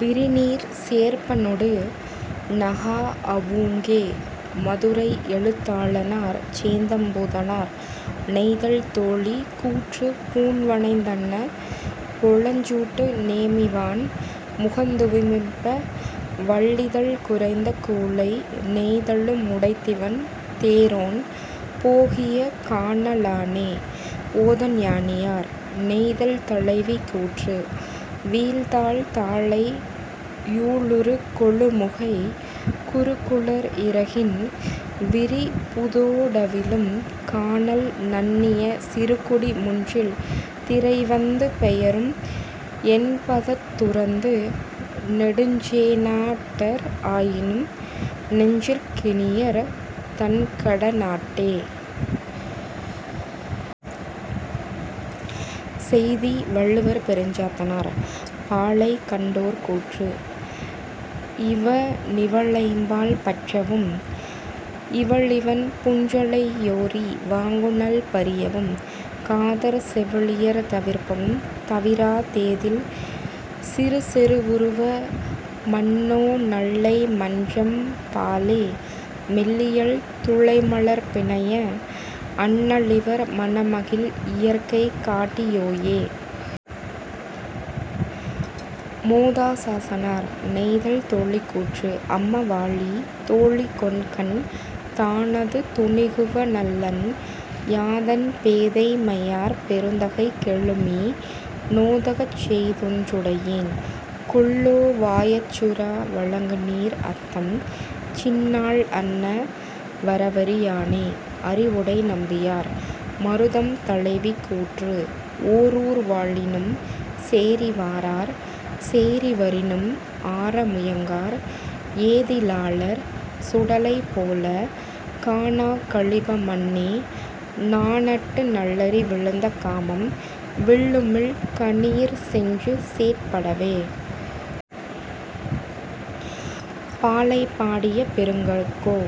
விரிநீர்ச் சேர்ப்பனொடு நகாஅ வூங்கே. -மதுரை எழுத்தாளனார் சேந்தம்பூதனார்.. நெய்தல் தோழி கூற்று பூண்வனைந் தன்ன பொலஞ்சூட்டு நேமி வாண்முகந் துமிப்ப வள்ளிதழ் குறைந்த கூழை நெய்தலு முடைத்திவண் தேரோன் போகிய கான லானே. -ஓதஞானியார்.. நெய்தல் தலைவி கூற்று வீழ்தாழ் தாழை யூழுறு கொழுமுகை குருகுளர் இறகின் விரிபுதோ டவிழும் கானல் நண்ணிய சிறுகுடி முன்றில் திரைவந்து பெயரும் என்பநத் துறந்து நெடுஞ்சே ணாட்டார் ஆயினும் நெஞ்சிற் கணியர் தண்கட னாட்டே. -செய்தி வள்ளுவர் பெருஞ்சாத்தனார்.. பாலை கண்டோர் கூற்று இவனிவ ளைம்பால் பற்றவும் இவளிவன் புன்றலை யோரி வாங்குநள் பரியவும் காதற் செவிலியர் தவிர்ப்பவுந் தவிரா தேதில் சிறுசெரு வுறுப மன்னோ நல்லைமன் றம்ம பாலே மெல்லியல் துணைமலர்ப் பிணைய லன்னவிவர் மணமகிழ் இயற்கை காட்டி யோயே. -மோதாசானார்.. நெய்தல் தோழி கூற்று அம்ம வாழி தோழி கொண்கன் தானது துணிகுவ னல்லன் யானென் பேதை மையாற் பெருந்தகை கெழுமி நோதகச் செய்ததொன் றுடையேன் கொல்லோ வயச்சுறா வழங்குநீர் அத்தம் சின்னாள் அன்ன வரவறி யானே. -அறிவுடை நம்பியார்.. மருதம் தலைவி கூற்று ஓரூர் வாழினும் சேரி வாரார் சேரி வரினும் ஆர முயங்கார் ஏதி லாளர் சுடலை போலக் காணாக் கழிப மன்னே நாணட்டு நல்லறி விழுந்த காமம் வில்லுமிழ் கணியிற் சென்றுசேட் படவே. -பாலைபாடிய பெருங்கடுங்கோ..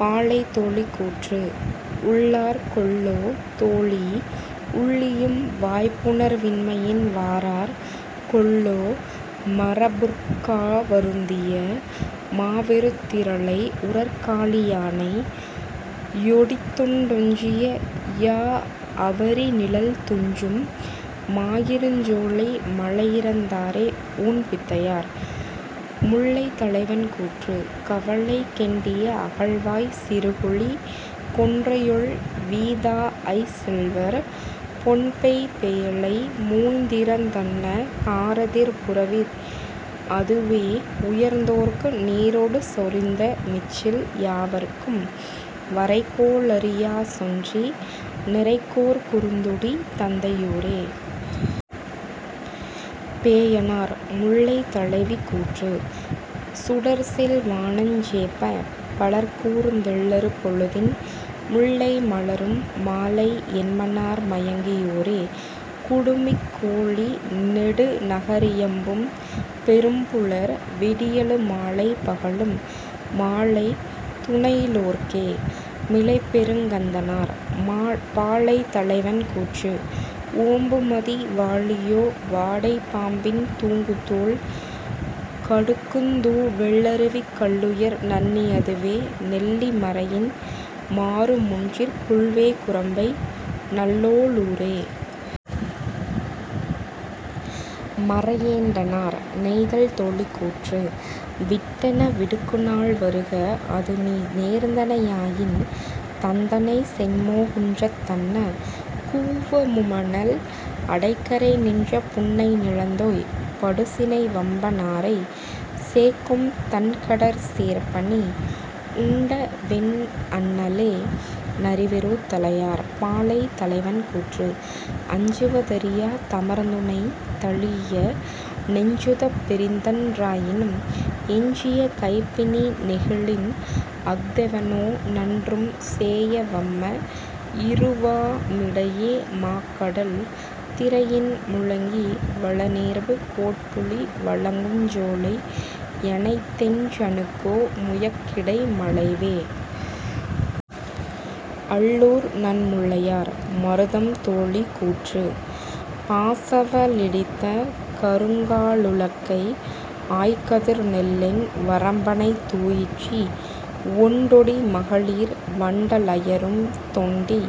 பாலை தோழி கூற்று உள்ளார் கொல்லோ தோழி உள்ளியும் வாய்ப்புணர் வின்மையின் வாரார் கொல்லோ மரற்புகா வருந்திய மாவெருத் திரலை உரற்கா லியானை யொடித்துண் டெஞ்சிய யாஅ வரிநிழல் துஞ்சும் மாயிருஞ் சோலை மலையிறந் தோரே. -ஊண் பித்தையார்.. முல்லை தலைவன் கூற்று கவலை கெண்டிய அகல்வாய்ச் சிறுகுழி கொன்றை யொள்வீ தாஅய்ச் செல்வர் பொன்பெய் பேழை மூய்திறந் தன்ன காரெதிர் புறவி னதுவே உயர்ந்தோர்க்கு நீரொடு சொரிந்த மிச்சில் யாவர்க்கும் வரைகோ ளறியாச் சொன்றி நிரைகோற் குறுந்தொடி தந்தை யூரே! -பேயனார்.. முல்லை தலைவி கூற்று சுடர்செல் வானஞ் சேப்பப் படர்கூர்ந் தெல்லறு பொழுதின் முல்லை மலரும் மாலை என்மனார் மயங்கி யோரே குடுமிக் கோழி நெடுநக ரியம்பும் பெரும்புலர் விடியலு மாலை பகலும் மாலை துணையி லோர்க்கே. -மிளைப்பெருங் கந்தனார்.. பாலை தலைவன் கூற்று ஓம்புமதி வாழியோ வாடை பாம்பின் தூங்குதோல் கடுக்குந் தூவெள் ளருவிக் கல்லுயர் நண்ணி யதுவே நெல்லி மரையின மாரு முன்றிற் புல்வேய் குரம்பை நல்லோ ளூரே. -மரயேண்டனார்.. நெய்தல் தோழி கூற்று விட்டென விடுக்குநாள் வருக அதுநீ நேர்ந்தனை யாயின் தந்தனை சென்மோ குன்றத் தன்ன குவவுமணல் அடைகரை நின்ற புன்னை நிலந்தோய் படுசினை வம்ப நாரை சேக்கும் தண்கடற் சேர்ப்பநீ உண்டவென் னலனே. -நரிவெரூஉத் தலையார்.. பாலை தலைவன் கூற்று அஞ்சுவ தறியா தமர்துணை தழீஇய நெஞ்சுதப் பிரிந்தன் றாயினும் எஞ்சிய கைபிணி நெகிழின்அஃ தெவனோ நன்றும் சேய வம்ம இருவா மிடையே மாக்கடல் திரையின் முழங்கி வலனேர்பு கோட்புலி வழங்குஞ் சோலை எனைத்தென் றெண்ணுகோ முயக்கிடை மலைவே. -அள்ளூர் நன்முல்லையார்.. மருதம் தோழி கூற்று பாசவ லிடித்த கருங்கா ழுலக்கை ஆய்கதிர் நெல்லின் வரம்பணைத் துயிற்றி ஒண்டொடி மகளிர் வண்ட லயரும் தொண்டி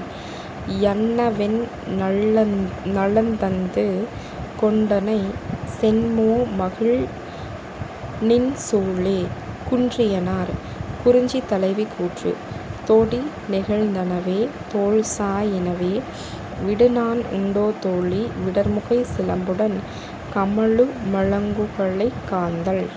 யன்னவென் நலந்தந்து கொண்டனை சென்மோ மகிழ்நநின் சூளே. -குன்றியனார்.. குறிஞ்சி தலைவி கூற்று தொடிநெகிழ்ந் தனவே தோள்சா யினவே விடுநாண் உண்டோ தோழி விடர்முகைச் சிலம்புடன் கமழு மலங்குகுலைக் காந்தள்